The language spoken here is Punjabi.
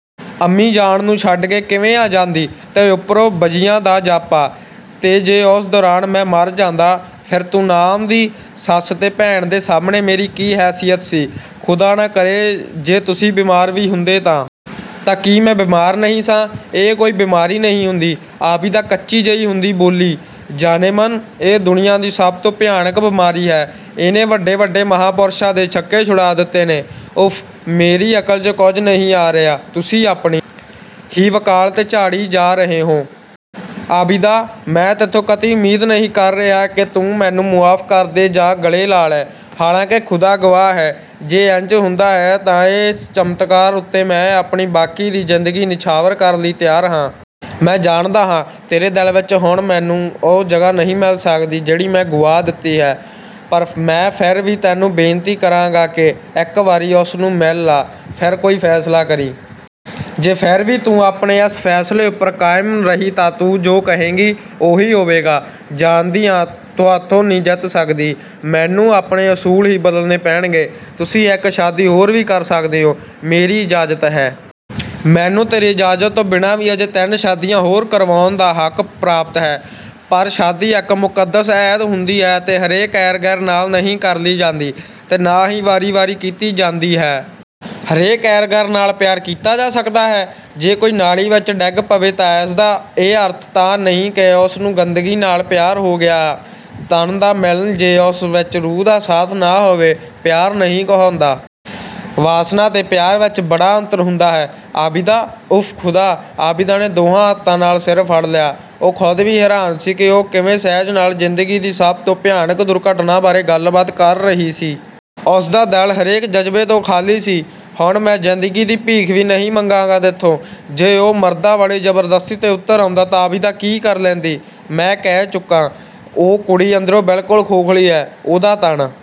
"ਅੰਮੀ ਜਾਨ ਨੂੰ ਛੱਡ ਕੇ ਕਿਵੇਂ ਆ ਜਾਂਦੀ!ਤੇ ਉੱਪਰੋਂ ਬਜੀਆ ਦਾ ਜਾਪਾ!" "ਤੇ ਜੇ ਉਸ ਦੌਰਾਨ ਮੈਂ ਮਰ ਜਾਂਦਾ, ਫਿਰ ਤੂੰ ਨਾ ਆਉਂਦੀ? ਸੱਸ ਤੇ ਭੈਣ ਦੇ ਸਾਹਮਣੇ ਮੇਰੀ ਕੀ ਹੈਸੀਅਤ ਸੀ!" "ਖ਼ੁਦਾ ਨਾ ਕਰੇ ਜੇ ਤੁਸੀਂ ਬਿਮਾਰ ਵੀ ਹੁੰਦੇ ਤਾਂ..." "ਤਾਂ ਕੀ ਮੈਂ ਬਿਮਾਰ ਨਹੀਂ ਸਾਂ?" "ਇਹ ਕੋਈ ਬਿਮਾਰੀ ਨਹੀਂ ਹੁੰਦੀ," ਆਬਿਦਾ ਕੱਚੀ ਜਿਹੀ ਹੁੰਦੀ ਬੋਲੀ। "ਜਾਨੇ-ਮਨ, ਇਹ ਦੁਨੀਆਂ ਦੀ ਸਭ ਤੋਂ ਭਿਆਨਕ ਬਿਮਾਰੀ ਹੈ, ਇਹਨੇ ਵੱਡੇ-ਵੱਡੇ ਮਹਾਂਪੁਰਸ਼ਾਂ ਦੇ ਛੱਕੇ-ਛੁਡਾ ਦਿੱਤੇ ਨੇ।" "ਉਫ਼, ਮੇਰੀ ਅਕਲ 'ਚ ਕੁਝ ਨਹੀਂ ਆ ਰਿਹਾ, ਤੁਸੀਂ ਆਪਣੀ ਹੀ ਵਕਾਲਤ ਝਾੜੀ ਜਾ ਰਹੇ ਹੋ।" "ਆਬਿਦਾ, ਮੈਂ ਤੈਥੋਂ ਕਤਈ ਉਮੀਦ ਨਹੀਂ ਕਰ ਰਿਹਾ ਕਿ ਤੂੰ ਮੈਨੂੰ ਮੁਆਫ਼ ਕਰ ਦੇ ਜਾਂ ਗਲੇ ਲਾ ਲੈ। ਹਾਲਾਂਕਿ ਖ਼ੁਦਾ ਗਵਾਹ ਹੈ, ਜੇ ਇੰਜ ਹੁੰਦਾ ਹੈ ਤਾਂ ਇਸ ਚਮਤਕਾਰ ਉੱਤੇ ਮੈਂ ਆਪਣੀ ਬਾਕੀ ਦੀ ਜ਼ਿੰਦਗੀ ਨਿਛਾਵਰ ਕਰਨ ਲਈ ਤਿਆਰ ਹਾਂ। ਮੈਂ ਜਾਣਦਾ, ਤੇਰੇ ਦਿਲ ਵਿੱਚ ਹੁਣ ਮੈਨੂੰ, ਉਹ ਜਗ੍ਹਾ ਨਹੀਂ ਮਿਲ ਸਕਦੀ ਜਿਹੜੀ ਮੈਂ ਗੁਆ ਦਿੱਤੀ ਹੈ, ਪਰ ਮੈਂ ਫਿਰ ਵੀ ਤੈਨੂੰ ਬੇਨਤੀ ਕਰਾਂਗਾ ਕਿ ਇੱਕ ਵਾਰੀ ਉਸਨੂੰ ਮਿਲ ਆ, ਫਿਰ ਕੋਈ ਫ਼ੈਸਲਾ ਕਰੀਂ। ਜੇ ਫਿਰ ਵੀ ਤੂੰ ਆਪਣੇ ਇਸ ਫ਼ੈਸਲੇ ਉੱਪਰ ਕਾਇਮ ਰਹੀ ਤਾਂ ਤੂੰ ਜੋ ਕਹੇਂਗੀ, ਉਹੀ ਹੋਵੇਗਾ।" "ਜਾਣਦੀ ਹਾਂ ਤੁਹਾਥੋਂ ਨਹੀਂ ਜਿੱਤ ਸਕਦੀ। ਮੈਨੂੰ ਆਪਣੇ ਅਸੂਲ ਹੀ ਬਦਲਣੇ ਪੈਣਗੇ। ਤੁਸੀਂ ਇੱਕ ਸ਼ਾਦੀ ਹੋਰ ਵੀ ਕਰ ਸਕਦੇ ਹੋ, ਮੇਰੀ ਇਜਾਜ਼ਤ ਹੈ।" "ਮੈਨੂੰ ਤੇਰੀ ਇਜਾਜ਼ਤ ਤੋਂ ਬਿਨਾਂ ਵੀ ਅਜੇ ਤਿੰਨ ਸ਼ਾਦੀਆਂ ਹੋਰ ਕਰਵਾਉਣ ਦਾ ਹੱਕ ਪ੍ਰਾਪਤ ਹੈ, ਪਰ ਸ਼ਾਦੀ ਇੱਕ ਮੁਕੱਦਸ ਅਹਿਦ ਹੁੰਦੀ ਹੈ ਤੇ ਹਰੇਕ ਐਰ-ਗ਼ੈਰ ਨਾਲ ਨਹੀਂ ਕਰ ਲਈ ਜਾਂਦੀ, ਤੇ ਨਾ ਹੀ ਵਾਰੀ-ਵਾਰੀ ਕੀਤੀ ਜਾਂਦੀ ਹੈ।" "ਹਰੇਕ ਐਰ-ਗ਼ੈਰ ਨਾਲ ਪਿਆਰ ਕੀਤਾ ਜਾ ਸਕਦਾ ਹੈ?" "ਜੇ ਕੋਈ ਨਾਲੀ ਵਿੱਚ ਡਿੱਗ ਪਵੇ ਤਾਂ ਇਸਦਾ ਇਹ ਅਰਥ ਤਾਂ ਨਹੀਂ ਕਿ ਉਸਨੂੰ ਗੰਦਗੀ ਨਾਲ ਪਿਆਰ ਹੋ ਗਿਆ...! ਤਨ ਦਾ ਮਿਲਨ ਜੇ ਉਸ ਵਿੱਚ ਰੂਹ ਦਾ ਸਾਥ ਨਾ ਹੋਵੇ, ਪਿਆਰ ਨਹੀਂ ਕਹਾਉਂਦਾ...। ਵਾਸਨਾ ਤੇ ਪਿਆਰ ਵਿੱਚ ਬੜਾ ਅੰਤਰ ਹੁੰਦਾ ਹੈ, ਆਬਿਦਾ।" "ਉਫ਼ ਖ਼ੁਦਾ!" ਆਬਿਦਾ ਨੇ ਦੋਹਾਂ ਹੱਥਾਂ ਨਾਲ ਸਿਰ ਫੜ ਲਿਆ। ਉਹ ਖ਼ੁਦ ਵੀ ਹੈਰਾਨ ਸੀ ਕਿ ਉਹ ਕਿਵੇਂ ਸਹਿਜ ਨਾਲ ਜ਼ਿੰਦਗੀ ਦੀ ਸਭ ਤੋਂ ਭਿਆਨਕ ਦੁਰਘਟਨਾ ਬਾਰੇ ਗੱਲਬਾਤ ਕਰ ਰਹੀ ਸੀ! ਉਸਦਾ ਦਿਲ ਹਰੇਕ ਜਜ਼ਬੇ ਤੋਂ ਖਾ਼ਲੀ ਸੀ। "ਹੁਣ ਮੈਂ ਜ਼ਿੰਦਗੀ ਦੀ ਭੀਖ ਵੀ ਨਹੀਂ ਮੰਗਾਂਗਾ, ਤੈਥੋਂ।"... ਜੇ ਉਹ ਮਰਦਾਂ ਵਾਲੀ ਜ਼ਬਰਦਸਤੀ 'ਤੇ ਉਤਰ ਆਉਂਦਾ ਤਾਂ ਆਬਿਦਾ ਕੀ ਕਰ ਲੈਂਦੀ? "ਮੈਂ ਕਹਿ ਚੁੱਕਾ, ਉਹ ਕੁੜੀ ਅੰਦਰੋਂ ਬਿਲਕੁਲ ਖੋਖ਼ਲੀ ਹੈ।" "ਉਹਦਾ ਤਨ